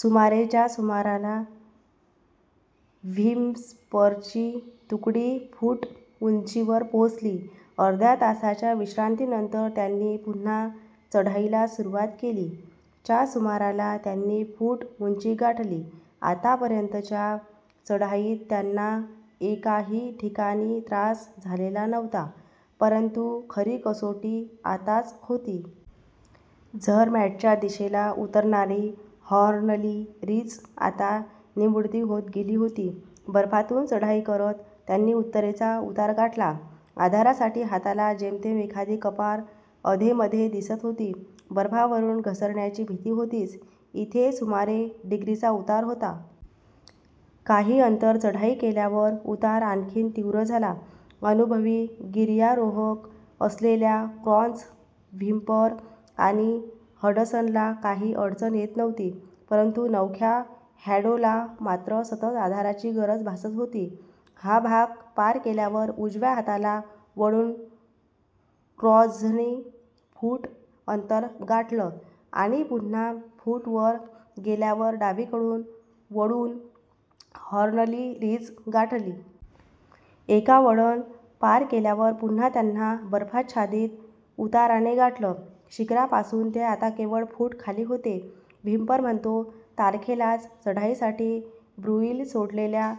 सुमारे. च्या सुमाराला व्हिम्परची तुकडी फूट उंचीवर पोहोचली. अर्ध्या तासाच्या विश्रांतीनंतर त्यांनी पुन्हा चढाईला सुरवात केली. च्या सुमाराला त्यांनी फूट उंची गाठली. आतापर्यंतच्या चढाईत त्यांना एकाही ठिकाणी त्रास झालेला नव्हता. परंतु खरी कसोटी आताच होती. झरमॅटच्या दिशेला उतरणारी हॉर्नली रिज आता निमुळती होत गेली होती. बर्फातून चढाई करत त्यांनी उत्तरेचा उतार गाठला. आधारासाठी हाताला जेमतेम एखादी कपार अधेमधे दिसत होती. बर्फावरून घसरण्याची भीती होतीच. इथे सुमारे डिग्रीचा उतार होता. काही अंतर चढाई केल्यावर उतार आणखीन तीव्र झाला. अनुभवी गिर्यारोहक असलेल्या क्रॉझ, व्हिम्पर आणि हडसनला काही अडचण येत नव्हती. परंतु नवख्या हॅडोला मात्र सतत आधाराची गरज भासत होती. हा भाग पार केल्यावर उजव्या हाताला वळून क्रॉझने फूट अंतर गाठलं आणि पुन्हा फूट वर गेल्यावर डावीकडे वळून हॉर्नली रिज गाठली. एका वळण पार केल्यावर पुन्हा त्यांना बर्फाच्छादीत उताराने गाठलं. शिखरापासून ते आता केवळ फूट खाली होते! व्हिम्पर म्हणतो," तारखेलाच चढाईसाठी ब्रुईल सोडलेल्या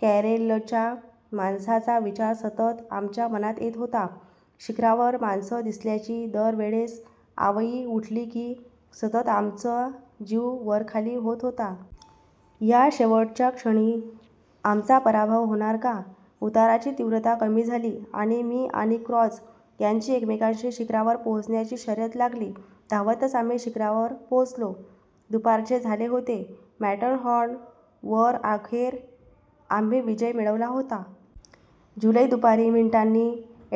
कॅरेलच्या माणसांचा विचार सतत आमच्या मनात येत होता. शिखरावर माणसं दिसल्याची दर वेळेस आवई उठली की सतत आमचा जीव वरखाली होत होता! या शेवटच्या क्षणी आमचा पराभव होणार का? उताराची तीव्रता कमी झाली आणि मी आणि क्रॉझ यांची एकमेकाशी शिखरावर पोहोचण्याची शर्यत लागली. धावतच आम्ही शिखरावर पोहोचलो! दुपारचे. झाले होते! मॅटरहॉर्न वर अखेर आम्ही विजय मिळवला होता! " जुलै दुपारी. मिनीटांनी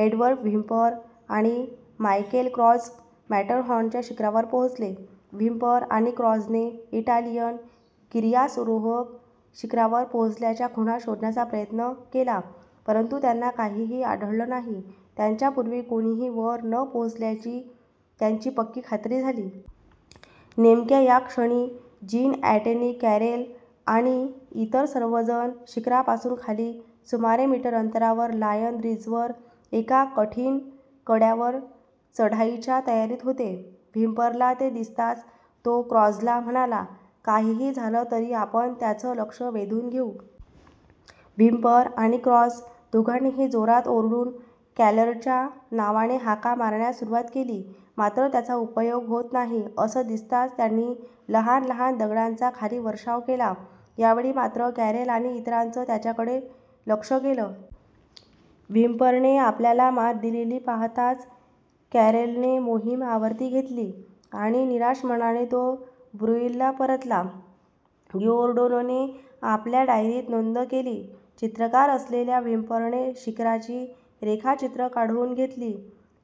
एडवर्ड व्हिंपर आणि मायकेल क्रॉझ मॅटरहॉर्नच्या शिखरावर पोहोचले! व्हिम्पर आणि क्रॉझने इटालियन गिर्यारोहक शिखरावर पोहोचल्याच्या खुणा शोधण्याचा प्रयत्न केला, परंतु त्यांना काहीही आढळलं नाही! त्यांच्या पूर्वी कोणीही वर न पोहोचल्याची त्यांची पक्की खात्री झाली! नेमक्या या क्षणी जीन अँटनी कॅरेल आणि इतर सर्वजण शिखरापासून खाली सुमारे मीटर अंतरावर लायन रिजवर एका कठीण कड्यावर चढाईच्या तयारीत होते. व्हिम्परला ते दिसताच तो क्रॉझला म्हणाला," काहीही झालं तरी आपण त्यांचं लक्षं वेधून घेऊ! "व्हिम्पर आणि क्रॉझ दोघांनीही जोरात ओरडून कॅरेलच्या नावाने हाका मारण्यास सुरवात केली. मात्र त्याचा उपयोग होत नाही असं दिसताच त्यांनी लहान लहान दगडांचा खाली वर्षाव केला. यावेळी मात्र कॅरेल आणि इतरांचं त्यांच्याकडे लक्षं गेलं! व्हिम्परने आपल्याला मात दिलेली पाहताच कॅरेलने मोहीम आवरती घेतली आणि निराश मनाने तो ब्रुईलला परतला. गिओर्डानोने आपल्या डायरीत नोंद केली, चित्रकार असलेल्या व्हिम्परने शिखराची रेखाचित्रं काढून घेतली.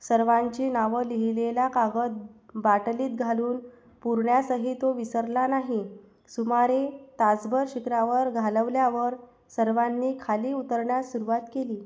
सर्वांची नावं लिहीलेला कागद बाटलीत घालून पुरण्यासही तो विसरला नाही! सुमारे तासभर शिखरावर घालवल्यावर सर्वांनी खाली उतरण्यास सुरवात केली.